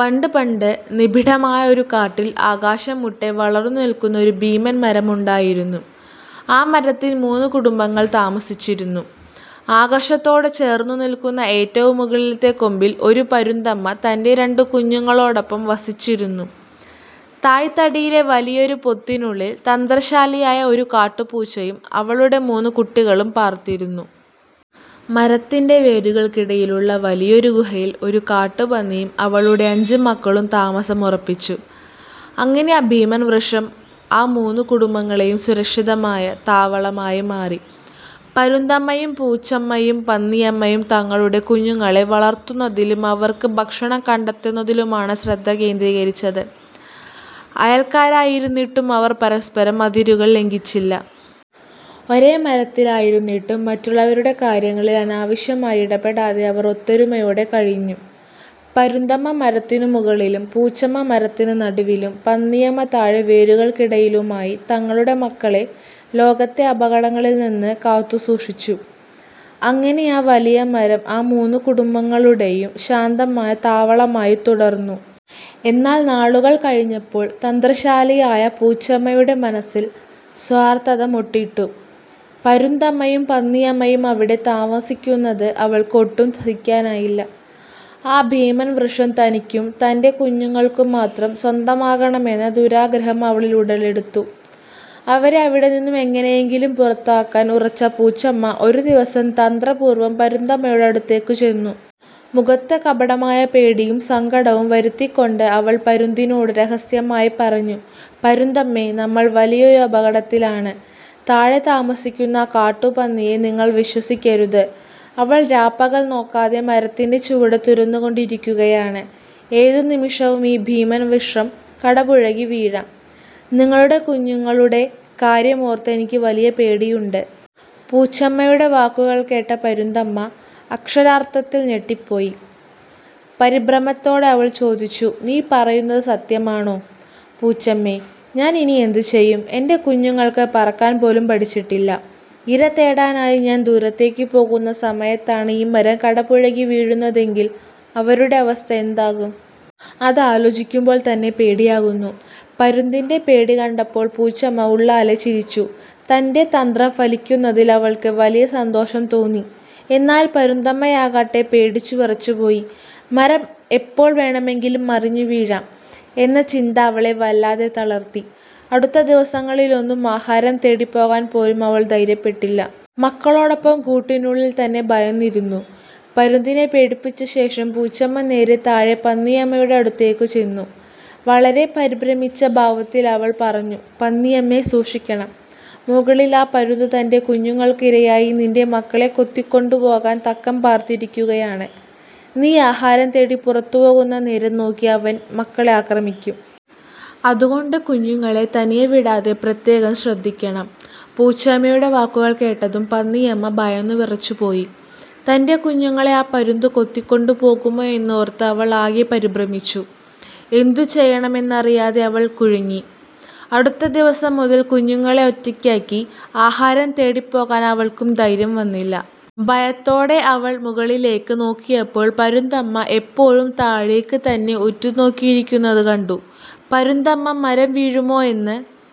പണ്ട് പണ്ട്, നിബിഡമായ ഒരു കാട്ടിൽ ആകാശം മുട്ടെ വളർന്നു നിൽക്കുന്ന ഒരു ഭീമൻ മരമുണ്ടായിരുന്നു. ആ മരത്തിൽ മൂന്ന് കുടുംബങ്ങൾ താമസിച്ചിരുന്നു. ആകാശത്തോട് ചേർന്നു നിൽക്കുന്ന ഏറ്റവും മുകളിലത്തെ കൊമ്പിൽ, ഒരു പരുന്തമ്മ തന്റെ രണ്ട് കുഞ്ഞുങ്ങളോടൊപ്പം വസിച്ചിരുന്നു. തായ്ത്തടിയിലെ വലിയൊരു പൊത്തിനുള്ളിൽ, തന്ത്രശാലിയായ ഒരു കാട്ടുപൂച്ചയും അവളുടെ മൂന്ന് കുട്ടികളും പാർത്തിരുന്നു. മരത്തിന്റെ വേരുകൾക്കിടയിലുള്ള വലിയൊരു ഗുഹയിൽ, ഒരു കാട്ടുപന്നിയും അവളുടെ അഞ്ച് മക്കളും താമസമുറപ്പിച്ചു. അങ്ങനെ ആ ഭീമൻ വൃക്ഷം ആ മൂന്ന് കുടുംബങ്ങളുടെയും സുരക്ഷിതമായ താവളമായി മാറി. പരുന്തമ്മയും പൂച്ചമ്മയും പന്നിയമ്മയും തങ്ങളുടെ കുഞ്ഞുങ്ങളെ വളർത്തുന്നതിലും അവർക്ക് ഭക്ഷണം കണ്ടെത്തുന്നതിലുമാണ് ശ്രദ്ധ കേന്ദ്രീകരിച്ചത്. അയൽക്കാരായിരുന്നിട്ടും അവർ പരസ്പരം അതിരുകൾ ലംഘിച്ചില്ല. ഒരേ മരത്തിലായിരുന്നിട്ടും മറ്റുള്ളവരുടെ കാര്യങ്ങളിൽ അനാവശ്യമായി ഇടപെടാതെ അവർ ഒത്തൊരുമയോടെ കഴിഞ്ഞു. പരുന്തമ്മ മരത്തിനു മുകളിലും, പൂച്ചമ്മ മരത്തിന് നടുവിലും, പന്നിയമ്മ താഴെ വേരുകൾക്കിടയിലുമായി തങ്ങളുടെ മക്കളെ ലോകത്തെ അപകടങ്ങളിൽ നിന്ന് കാത്തുസൂക്ഷിച്ചു. അങ്ങനെ ആ വലിയ മരം ആ മൂന്ന് കുടുംബങ്ങളുടെയും ശാന്തമായ താവളമായി തുടർന്നു. എന്നാൽ നാളുകൾ കഴിഞ്ഞപ്പോൾ, തന്ത്രശാലിയായ പൂച്ചമ്മയുടെ മനസ്സിൽ സ്വാർത്ഥത മൊട്ടിട്ടു. പരുന്തമ്മയും പന്നിയമ്മയും അവിടെ താമസിക്കുന്നത് അവൾക്ക് ഒട്ടും സഹിക്കാനായില്ല. ആ ഭീമൻ വൃക്ഷം തനിക്കും തന്റെ കുഞ്ഞുങ്ങൾക്കും മാത്രം സ്വന്തമാകണമെന്ന ദുരാഗ്രഹം അവളിൽ ഉടലെടുത്തു. അവരെ അവിടെനിന്നും എങ്ങനെയെങ്കിലും പുറത്താക്കാൻ ഉറച്ച പൂച്ചമ്മ, ഒരു ദിവസം തന്ത്രപൂർവം പരുന്തമ്മയുടെ അടുത്തേക്ക് ചെന്നു. മുഖത്ത് കപടമായ പേടിയും സങ്കടവും വരുത്തിക്കൊണ്ട് അവൾ പരുന്തിനോട് രഹസ്യമായി പറഞ്ഞു: "പരുന്തമ്മേ, നമ്മൾ വലിയൊരു അപകടത്തിലാണ്. താഴെ താമസിക്കുന്ന ആ കാട്ടുപന്നിയെ നിങ്ങൾ വിശ്വസിക്കരുത്. അവൾ രാപകൽ നോക്കാതെ മരത്തിന്റെ ചുവട് തുരന്നുകൊണ്ടിരിക്കുകയാണ്. ഏതു നിമിഷവും ഈ ഭീമൻ വൃക്ഷം കടപുഴകി വീഴാം! നിങ്ങളുടെ കുഞ്ഞുങ്ങളുടെ കാര്യമോർത്ത് എനിക്ക് വലിയ പേടിയുണ്ട്. " പൂച്ചമ്മയുടെ വാക്കുകൾ കേട്ട പരുന്തമ്മ അക്ഷരാർത്ഥത്തിൽ ഞെട്ടിപ്പോയി. പരിഭ്രമത്തോടെ അവൾ ചോദിച്ചു "നീ പറയുന്നത് സത്യമാണോ പൂച്ചമ്മേ? ഞാൻ ഇനി എന്ത് ചെയ്യും? എന്റെ കുഞ്ഞുങ്ങൾ പറക്കാൻ പോലും പഠിച്ചിട്ടില്ല. ഇര തേടാനായി ഞാൻ ദൂരേക്ക് പോകുന്ന സമയത്താണ് ഈ മരം കടപുഴകി വീഴുന്നതെങ്കിൽ അവരുടെ അവസ്ഥ എന്താകും? അത് ആലോചിക്കുമ്പോൾ തന്നെ പേടിയാകുന്നു. " പരുന്തിന്റെ പേടി കണ്ടപ്പോൾ പൂച്ചമ്മ ഉള്ളാലെ ചിരിച്ചു. തന്റെ തന്ത്രം ഫലിക്കുന്നതിൽ അവൾക്ക് വലിയ സന്തോഷം തോന്നി. എന്നാൽ പരുന്തമ്മയാകട്ടെ, പേടിച്ച് വിറച്ചുപോയി. മരം എപ്പോൾ വേണമെങ്കിലും മറിഞ്ഞു വീഴാം എന്ന ചിന്ത അവളെ വല്ലാതെ തളർത്തി. അടുത്ത ദിവസങ്ങളിലൊന്നും ആഹാരം തേടിപ്പോകാൻ പോലും അവൾ ധൈര്യപ്പെട്ടില്ല. മക്കളോടൊപ്പം കൂട്ടിനുള്ളിൽ തന്നെ ഭയന്നിരുന്നു. പരുന്തിനെ പേടിപ്പിച്ച ശേഷം പൂച്ചമ്മ നേരെ താഴെ പന്നിയമ്മയുടെ അടുത്തേക്ക് ചെന്നു. വളരെ പരിഭ്രമിച്ച ഭാവത്തിൽ അവൾ പറഞ്ഞു: "പന്നിയമ്മേ, സൂക്ഷിക്കണം! മുകളിൽ ആ പരുന്ത് തന്റെ കുഞ്ഞുങ്ങൾക്ക് ഇരയായി നിന്റെ മക്കളെ കൊത്തിക്കൊണ്ടുപോകാൻ തക്കം പാർത്തിരിക്കുകയാണ്. നീ ആഹാരം തേടി പുറത്തുപോകുന്ന നേരം നോക്കി അവൻ മക്കളെ ആക്രമിക്കും. അതുകൊണ്ട് കുഞ്ഞുങ്ങളെ തനിയെ വിടാതെ പ്രത്യേകം ശ്രദ്ധിക്കണം! " പൂച്ചമ്മയുടെ വാക്കുകൾ കേട്ടതും പന്നിയമ്മ ഭയന്നുവിറച്ചുപോയി. തന്റെ കുഞ്ഞുങ്ങളെ ആ പരുന്ത് കൊത്തിക്കൊണ്ടു പോകുമോ എന്നോർത്ത് അവൾ ആകെ പരിഭ്രമിച്ചു. എന്തു ചെയ്യണമെന്നറിയാതെ അവൾ കുഴങ്ങി. അടുത്ത ദിവസം മുതൽ കുഞ്ഞുങ്ങളെ ഒറ്റയ്ക്കാക്കി ആഹാരം തേടിപ്പോകാൻ അവൾക്കും ധൈര്യം വന്നില്ല. ഭയത്തോടെ അവൾ മുകളിലേക്ക് നോക്കിയപ്പോൾ, പരുന്തമ്മ എപ്പോഴും താഴേക്ക് തന്നെ ഉറ്റുനോക്കിയിരിക്കുന്നത് കണ്ടു. പരുന്തമ്മ മരം വീഴുമോ എന്ന്